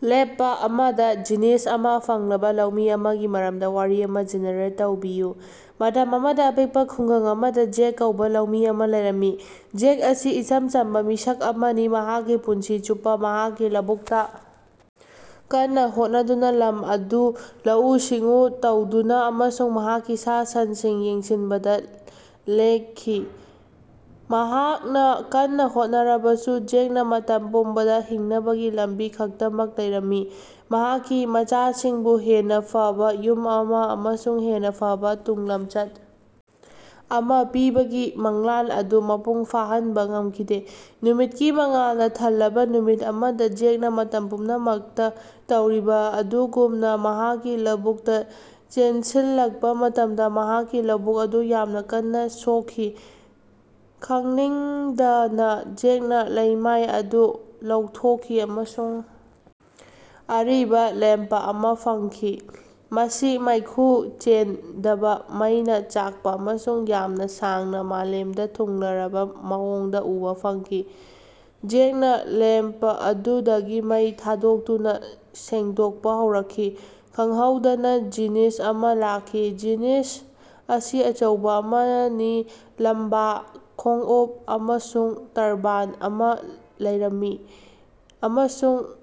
Lamp ꯑꯃꯥꯗ genius ꯑꯃꯥ ꯐꯪꯂꯕꯥ ꯂꯧꯃꯤ ꯑꯃꯒꯤ ꯃꯔꯝꯗꯥ ꯋꯥꯔꯤ ꯑꯃꯥ ꯖꯦꯅꯦꯔꯦꯠ ꯇꯧꯕꯤꯌꯨ꯫ ꯃꯇꯝ ꯑꯃꯗꯥ ꯑꯄꯤꯛꯄꯥ ꯈꯨꯡꯒꯪ ꯑꯃꯗꯥ ꯖꯦꯛ ꯀꯧꯕ ꯂꯧꯃꯤ ꯑꯃꯥ ꯂꯩꯔꯝꯃꯤ꯫ ꯖꯦꯛ ꯑꯁꯤ ꯏꯆꯝ ꯆꯝꯕꯥ ꯃꯤꯁꯛ ꯑꯃꯅꯤ, ꯃꯍꯥꯛꯀꯤ ꯄꯨꯟꯁꯤ ꯆꯨꯞꯄꯥ ꯃꯍꯥꯛꯀꯤ ꯂꯧꯕꯨꯛꯇꯥ ꯀꯟꯅꯥ ꯍꯣꯠꯅꯗꯨꯅꯥ, ꯂꯝ ꯑꯗꯨ ꯂꯧꯎ ꯁꯤꯡꯎ ꯇꯧꯗꯨꯅꯥ ꯑꯃꯁꯨꯡ ꯃꯍꯥꯛꯀꯤ ꯁꯥ ꯁꯟꯁꯤꯡ ꯌꯦꯡꯁꯤꯟꯕꯗꯥ ꯂꯦꯛꯈꯤ꯫ ꯃꯍꯥꯛꯅꯥ ꯀꯟꯅꯥ ꯍꯣꯠꯅꯔꯕꯁꯨ ꯖꯦꯛꯅꯥ ꯃꯇꯝ ꯄꯨꯝꯕꯗꯥ ꯍꯤꯡꯅꯕꯒꯤ ꯂꯝꯕꯤ ꯈꯛꯇꯃꯛ ꯂꯩꯔꯝꯃꯤ꯫ ꯃꯍꯥꯛꯀꯤ ꯃꯆꯥꯁꯤꯡꯕꯨ ꯍꯦꯟꯅꯥ ꯐꯕꯥ ꯌꯨꯝ ꯑꯃꯥ ꯑꯃꯁꯨꯡ ꯍꯦꯟꯅꯥ ꯐꯕꯥ ꯇꯨꯡꯂꯝꯆꯠ ꯑꯃꯥ ꯄꯤꯕꯒꯤ ꯃꯪꯂꯥꯟ ꯑꯗꯨ ꯃꯄꯨꯡ ꯐꯥꯍꯟꯕꯥ ꯉꯝꯈꯤꯗꯦ꯫ ꯅꯨꯃꯤꯠꯀꯤ ꯃꯉꯥꯜꯅꯥ ꯊꯜꯂꯕꯥ ꯅꯨꯃꯤꯠ ꯑꯃꯗꯥ ꯖꯦꯛꯅꯥ ꯃꯇꯝ ꯄꯨꯝꯅꯃꯛꯇꯥ ꯇꯧꯔꯤꯕꯥ ꯑꯗꯨꯒꯨꯝꯅꯥ ꯃꯍꯥꯛꯀꯤ ꯂꯧꯕꯨꯛꯇꯥ ꯆꯦꯟꯁꯤꯜꯂꯛꯄꯥ ꯃꯇꯝꯗꯥ ꯃꯍꯥꯛꯀꯤ ꯂꯧꯕꯨꯛ ꯑꯗꯨ ꯌꯥꯝꯅꯥ ꯀꯟꯅꯥ ꯁꯣꯛꯈꯤ꯫ ꯈꯪꯅꯤꯡꯗꯅꯥ ꯖꯦꯛꯅꯥ ꯂꯩꯃꯥꯏ ꯑꯗꯨ ꯂꯧꯊꯣꯛꯈꯤ ꯑꯃꯁꯨꯡ ꯑꯔꯤꯕꯥ ꯂꯦꯝꯄ ꯑꯃꯥ ꯐꯪꯈꯤ꯫ ꯃꯁꯤ ꯃꯩꯈꯨ ꯆꯦꯟꯗꯕꯥ ꯃꯩꯅꯥ ꯆꯥꯛꯄꯥ ꯑꯃꯁꯨꯡ ꯌꯥꯝꯅꯥ ꯁꯥꯡꯅꯥ ꯃꯥꯂꯦꯝꯗꯥ ꯊꯨꯡꯂꯔꯕꯥ ꯃꯑꯣꯡꯗꯥ ꯎꯕꯥ ꯐꯪꯈꯤ꯫ ꯖꯦꯛꯅꯥ ꯂꯦꯝꯄ ꯑꯗꯨꯗꯒꯤ ꯃꯩ ꯊꯥꯗꯣꯛꯇꯨꯅꯥ ꯁꯦꯡꯗꯣꯛꯄꯥ ꯍꯧꯔꯛꯈꯤ, ꯈꯪꯍꯧꯗꯅꯥ ꯖꯤꯅꯤꯁ ꯑꯃꯥ ꯂꯥꯛꯈꯤ꯫ꯖꯤꯅꯤꯁ ꯑꯁꯤ ꯑꯆꯧꯕꯥ ꯑꯃꯅꯤ ꯂꯝꯕꯥ ꯈꯣꯡꯎꯞ ꯑꯃꯁꯨꯡ ꯇꯔꯕꯥꯟ ꯑꯃꯥ ꯂꯩꯔꯝꯃꯤ, ꯑꯃꯁꯨꯡ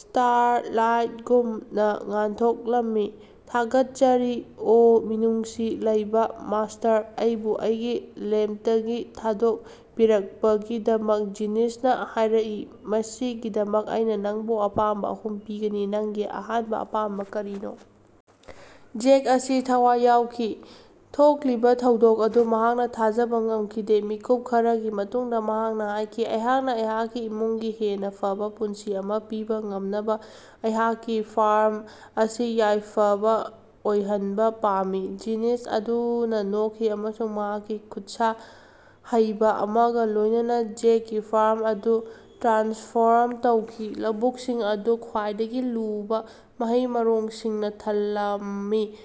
ꯁ꯭ꯇꯥꯔꯂꯥꯏꯠꯒꯨꯝꯅꯥ ꯉꯥꯟꯊꯣꯛꯂꯝꯃꯤ꯫ ꯊꯥꯒꯠꯆꯔꯤ ꯑꯣ ꯃꯤꯅꯨꯡꯁꯤ ꯂꯩꯕꯥ ꯃꯥꯁ꯭ꯇꯔ, ꯑꯩꯕꯨ ꯑꯩꯒꯤ ꯂꯦꯝꯄꯇꯒꯤ ꯊꯥꯗꯣꯛꯄꯤꯔꯛꯄꯒꯤꯗꯃꯛ ꯖꯤꯅꯤꯁꯅꯥ ꯍꯥꯏꯔꯛꯏ ꯃꯁꯤꯒꯤꯗꯃꯛ ꯑꯩꯅꯥ ꯅꯪꯕꯨ ꯑꯄꯥꯝꯕꯥ ꯑꯍꯨꯝ ꯄꯤꯒꯅꯤ꯫ ꯅꯪꯒꯤ ꯑꯍꯥꯟꯕꯥ ꯑꯄꯥꯝꯕꯥ ꯀꯔꯤꯅꯣ? ꯖꯦꯛ ꯑꯁꯤ ꯊꯋꯥꯏ ꯌꯥꯎꯈꯤ꯫ ꯊꯣꯛꯂꯤꯕꯥ ꯊꯧꯗꯣꯛ ꯑꯗꯨ ꯃꯍꯥꯛ ꯊꯥꯖꯕꯥ ꯉꯝꯈꯤꯗꯦ꯫ ꯃꯤꯀꯨꯞ ꯈꯔꯒꯤ ꯃꯇꯨꯡꯗꯥ ꯃꯍꯥꯛꯅꯥ ꯍꯥꯏꯈꯤ, ꯑꯩꯍꯥꯛꯅꯥ ꯑꯩꯍꯥꯛꯀꯤ ꯏꯃꯨꯡꯒꯤ ꯍꯦꯟꯅꯥ ꯐꯕꯥ ꯄꯨꯟꯁꯤ ꯑꯃꯥ ꯄꯤꯕꯥ ꯉꯝꯅꯕꯥ ꯑꯩꯍꯥꯛꯀꯤ ꯐꯥꯔꯝ ꯑꯁꯤ ꯌꯥꯏꯐꯕꯥ ꯑꯣꯏꯍꯟꯕꯥ ꯄꯥꯝꯃꯤ꯫ ꯖꯤꯅꯤꯁ ꯑꯗꯨꯅꯥ ꯅꯣꯛꯈꯤ ꯑꯃꯁꯨꯡ ꯃꯍꯥꯛꯀꯤ ꯈꯨꯠꯁꯥ ꯍꯩꯕꯥ ꯑꯃꯒꯥ ꯂꯣꯏꯅꯅꯥ ꯖꯦꯛꯀꯤ ꯐꯥꯔꯝ ꯑꯗꯨ ꯇ꯭ꯔꯥꯟꯁꯐꯣꯔꯝ ꯇꯧꯈꯤ꯫ ꯂꯧꯕꯨꯛꯁꯤꯡ ꯑꯗꯨ ꯈ꯭ꯋꯥꯏꯗꯒꯤ ꯂꯨꯕꯥ ꯃꯍꯩ-ꯃꯔꯣꯡꯁꯤꯡꯅꯥ ꯊꯜꯂꯝꯃꯤ,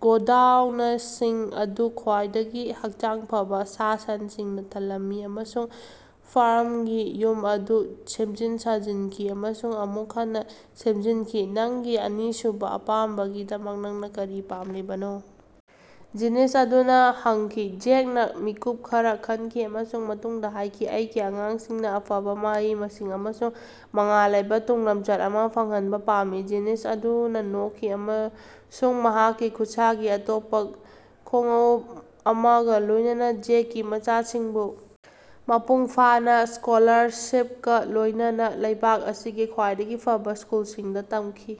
ꯒꯣꯗꯥꯎꯅꯁꯤꯡ ꯑꯗꯨ ꯈ꯭ꯋꯥꯏꯗꯒꯤ ꯍꯛꯆꯥꯡ ꯐꯕꯥ ꯁꯥ-ꯁꯟꯁꯤꯡꯅꯥ ꯊꯜꯂꯝꯃꯤ ꯑꯃꯁꯨꯡ ꯐꯥꯔꯝꯒꯤ ꯌꯨꯝ ꯑꯗꯨ ꯁꯦꯝꯖꯤꯟ-ꯁꯥꯖꯤꯟꯈꯤ ꯑꯃꯁꯨꯡ ꯑꯃꯨꯛ ꯍꯟꯅꯥ ꯁꯦꯝꯖꯤꯟꯈꯤ꯫ ꯅꯪꯒꯤ ꯑꯅꯤꯁꯨꯕꯥ ꯑꯄꯥꯝꯕꯒꯤꯗꯃꯛ ꯅꯪꯅꯥ ꯀꯔꯤ ꯄꯥꯝꯂꯤꯕꯅꯣ? ꯖꯤꯅꯤꯁ ꯑꯗꯨꯅꯥ ꯍꯪꯈꯤ꯫ ꯖꯦꯛꯅꯥ ꯃꯤꯀꯨꯞ ꯈꯔꯥ ꯈꯟꯈꯤ ꯑꯃꯁꯨꯡ ꯃꯇꯨꯡꯗꯥ ꯍꯥꯏꯈꯤ ꯑꯩꯒꯤ ꯑꯉꯥꯡꯁꯤꯡꯅꯥ ꯑꯐꯕꯥ ꯃꯍꯩ-ꯃꯁꯤꯡ ꯑꯃꯁꯨꯡ ꯃꯉꯥꯜ ꯂꯩꯕꯥ ꯇꯨꯡꯂꯝꯆꯠ ꯑꯃꯥ ꯐꯪꯍꯟꯕꯥ ꯄꯥꯝꯃꯤ꯫ ꯖꯤꯅꯤꯁ ꯑꯗꯨꯅꯥ ꯅꯣꯛꯈꯤ ꯑꯃꯁꯨꯡ ꯃꯍꯥꯛꯀꯤ ꯈꯨꯠꯁꯥꯒꯤ ꯑꯇꯣꯞꯄꯥ ꯈꯣꯉꯎꯞ ꯑꯃꯒꯥ ꯂꯣꯏꯅꯅꯥ ꯖꯦꯛꯀꯤ ꯃꯆꯥꯁꯤꯡꯕꯨ ꯃꯄꯨꯡ ꯐꯥꯅꯥ ꯁ꯭ꯀꯣꯂꯥꯔꯁꯤꯄꯀꯥ ꯂꯣꯏꯅꯅꯥ ꯂꯩꯕꯥꯛ ꯑꯁꯤꯒꯤ ꯈ꯭ꯋꯥꯏꯗꯒꯤ ꯐꯕꯥ ꯁ꯭ꯀꯨꯜꯁꯤꯡꯗꯥ ꯇꯝꯈꯤ꯫